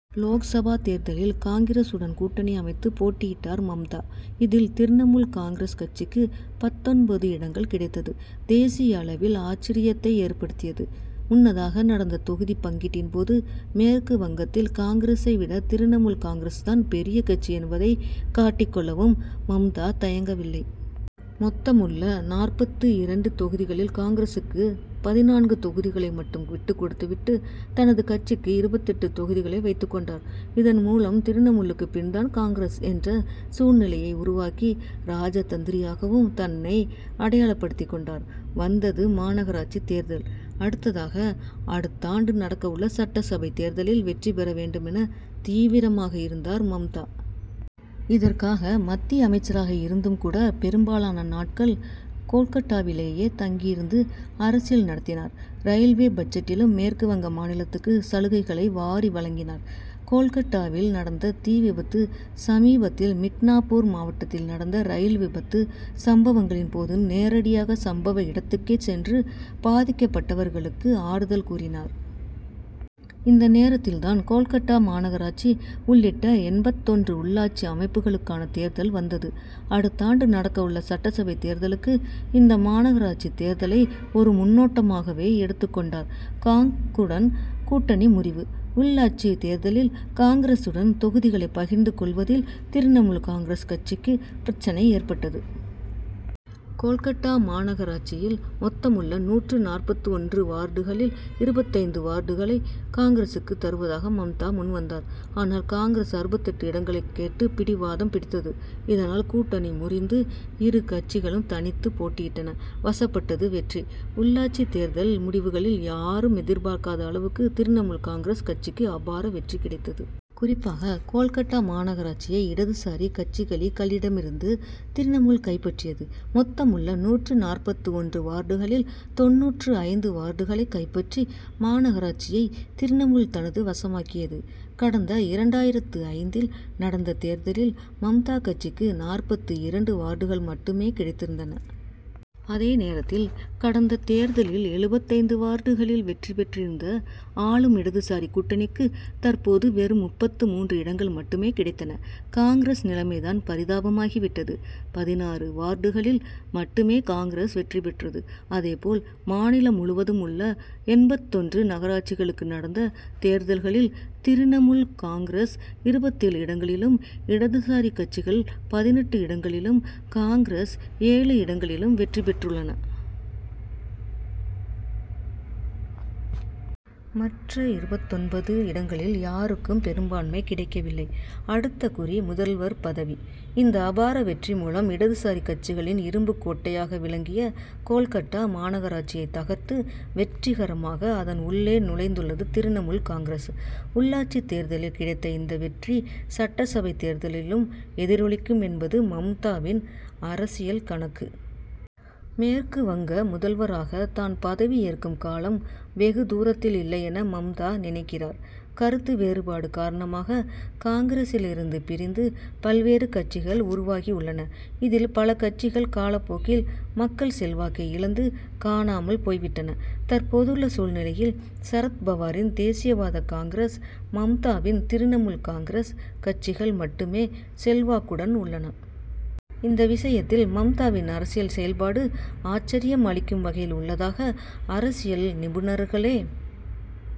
லோக்சபா தேர்தலில் காங்கிரசுடன் கூட்டணி அமைத்து போட்டியிட்டார் மம்தா. இதில் திரிணமுல் காங்கிரஸ் கட்சிக்கு பத்தொன்பது இடங்கள் கிடைத்தது தேசிய அளவில் ஆச்சர்யத்தை ஏற்படுத்தியது. முன்னதாக நடந்த தொகுதி பங்கீட்டின்போது மேற்கு வங்கத்தில் காங்கிரசை விட திரிணமுல் காங்கிரஸ் தான் பெரிய கட்சி என்பதை காட்டிக் கொள்ளவும் மம்தா தயங்கவில்லை. மொத்தம் உள்ள நாற்பத்து இரண்டு தொகுதிகளில் காங்கிரசுக்கு பதினான்கு தொகுதிகளை மட்டும் விட்டுகொடுத்து விட்டு தனது கட்சிக்கு இருபத்தெட்டு தொகுதிகளை வைத்துக் கொண்டார். இதன்மூலம் திரிணமுலுக்கு பின் தான் காங்கிரஸ் என்ற சூழ்நிலையை உருவாக்கி ராஜதந்திரியாகவும் தன்னை அடையாளப்படுத்தி கொண்டார். வந்தது மாநகராட்சி தேர்தல்: அடுத்ததாக அடுத்தாண்டு நடக்கவுள்ள சட்டசபை தேர்தலில் வெற்றி பெற வேண்டுமென தீவிரமாக இருந்தார் மம்தா. இதற்காக மத்திய அமைச்சராக இருந்தும் கூட பெரும்பாலான நாட்கள் கோல்கட்டாவிலேயே தங்கியிருந்து அரசியல் நடத்தினார். ரயில்வே பட்ஜெட்டிலும் மேற்கு வங்க மாநிலத்துக்கு சலுகைகளை வாரி வழங்கினார். கோல்கட்டாவில் நடந்த தீ விபத்து சமீபத்தில் மிட்னாபூர் மாவட்டத்தில் நடந்த ரயில் விபத்து சம்பவங்களின் போது நேரடியாக சம்பவ இடத்துக்கே சென்று பாதிக்கப்பட்டவர்களுக்கு ஆறுதல் கூறினார். இந்த நேரத்தில் தான் கோல்கட்டா மாநகராட்சி உள்ளிட்ட எண்பத்தொன்று உள்ளாட்சி அமைப்புகளுக்கான தேர்தல் வந்தது. அடுத்தாண்டு நடக்கவுள்ள சட்டசபை தேர்தலுக்கு இந்த மாநகராட்சி தேர்தலை ஒரு முன்னோட்டமாகவே எடுத்துக் கொண்டார். காங்.குடன் கூட்டணி முறிவு: உள்ளாட்சி தேர்தலில் காங்கிரசுடன் தொகுதிகளை பகிர்ந்து கொள்வதில் திரிணமுல் காங்கிரஸ் கட்சிக்கு பிரச்னை ஏற்பட்டது. கோல்கட்டா மாநகராட்சியில் மொத்தம் உள்ள நூற்று நாற்பத்து ஒன்று வார்டுகளில் இருபத்தைந்து வார்டுகளை காங்கிரசுக்கு தருவதற்கு மம்தா முன்வந்தார். ஆனால் காங்கிரஸ் அறுபத்தெட்டு இடங்களை கேட்டு பிடிவாதம் பிடித்தது. இதனால் கூட்டணி முறிந்து இரு கட்சிகளும் தனித்து போட்டியிட்டன. வசப்பட்டது வெற்றி: உள்ளாட்சி தேர்தல் முடிவுகளில் யாரும் எதிர்பார்க்காத அளவுக்கு திரிணமுல் காங்கிரஸ் கட்சிக்கு அபார வெற்றி கிடைத்தது. குறிப்பாக கோல்கட்டா மாநகராட்சியை இடதுசாரி கட்சிகளிகளிடமிருந்து திரிணமுல் கைப்பற்றியது. மொத்தம் உள்ள நூற்று நாற்பத்து ஒன்று வார்டுகளில் தொண்ணூற்று ஐந்து வார்டுகளை கைப்பற்றி மாநகராட்சியை திரிணமுல் தனது வசமாக்கியது. கடந்த இரண்டாயிரத்து ஐந்தில் நடந்த தேர்தலில் மம்தா கட்சிக்கு நாற்பத்து இரண்டு வார்டுகள் மட்டுமே கிடைத்திருந்தன. அதே நேரத்தில் கடந்த தேர்தலில் எழுபத்தைந்து வார்டுகளில் வெற்றி பெற்றிருந்த ஆளும் இடதுசாரி கூட்டணிக்கு தற்போது வெறும் முப்பத்து மூன்று இடங்கள் மட்டுமே கிடைத்தன. காங்கிரஸ் நிலைமை தான் பரிதாபமாகி விட்டது. பதினாறு வார்டுகளில் மட்டுமே காங்கிரஸ் வெற்றி பெற்றது. அதேபோல் மாநிலம் முழுவதும் உள்ள எண்பத்தொன்று நகராட்சிகளுக்கு நடந்த தேர்தல்களில் திரிணமுல் காங்கிரஸ் இருபத்தேழு இடங்களிலும் இடதுசாரி கட்சிகள் பதினெட்டு இடங்களிலும் காங்கிரஸ் ஏழு இடங்களிலும் வெற்றி பெற்றுள்ளன. மற்ற இருபத்தொன்பது இடங்களில் யாருக்கும் பெரும்பான்மை கிடைக்கவில்லை. அடுத்த குறி முதல்வர் பதவி: இந்த அபார வெற்றி மூலம் இடதுசாரி கட்சிகளின் இரும்புக் கோட்டையாக விளங்கிய கோல்கட்டா மாநகராட்சியை தகர்த்து வெற்றிகரமாக அதன் உள்ளே நுழைந்துள்ளது திரிணமுல் காங்கிரஸ். உள்ளாட்சி தேர்தலில் கிடைத்த இந்த வெற்றி சட்டசபை தேர்தலிலும் எதிரொலிக்கும் என்பது மம்தாவின் அரசியல் கணக்கு. மேற்கு வங்க முதல்வராக தான் பதவியேற்கும் காலம் வெகு தூரத்தில் இல்லையென மம்தா நினைக்கிறார். கருத்து வேறுபாடு காரணமாக காங்கிரசிலிருந்து பிரிந்து பல்வேறு கட்சிகள் உருவாகியுள்ளன. இதில் பல கட்சிகள் காலப்போக்கில் மக்கள் செல்வாக்கை இழந்து காணாமல் போய் விட்டன. தற்போதுள்ள சூழ்நிலையில் சரத்பவாரின் தேசியவாத காங்கிரஸ் மம்தாவின் திரிணமுல் காங்கிரஸ் கட்சிகள் மட்டுமே செல்வாக்குடன் உள்ளன. இந்த விஷயத்தில் மம்தாவின் அரசியல் செயல்பாடு ஆச்சர்யம் அளிக்கும் வகையில் உள்ளதாக அரசியல் நிபுணர்களே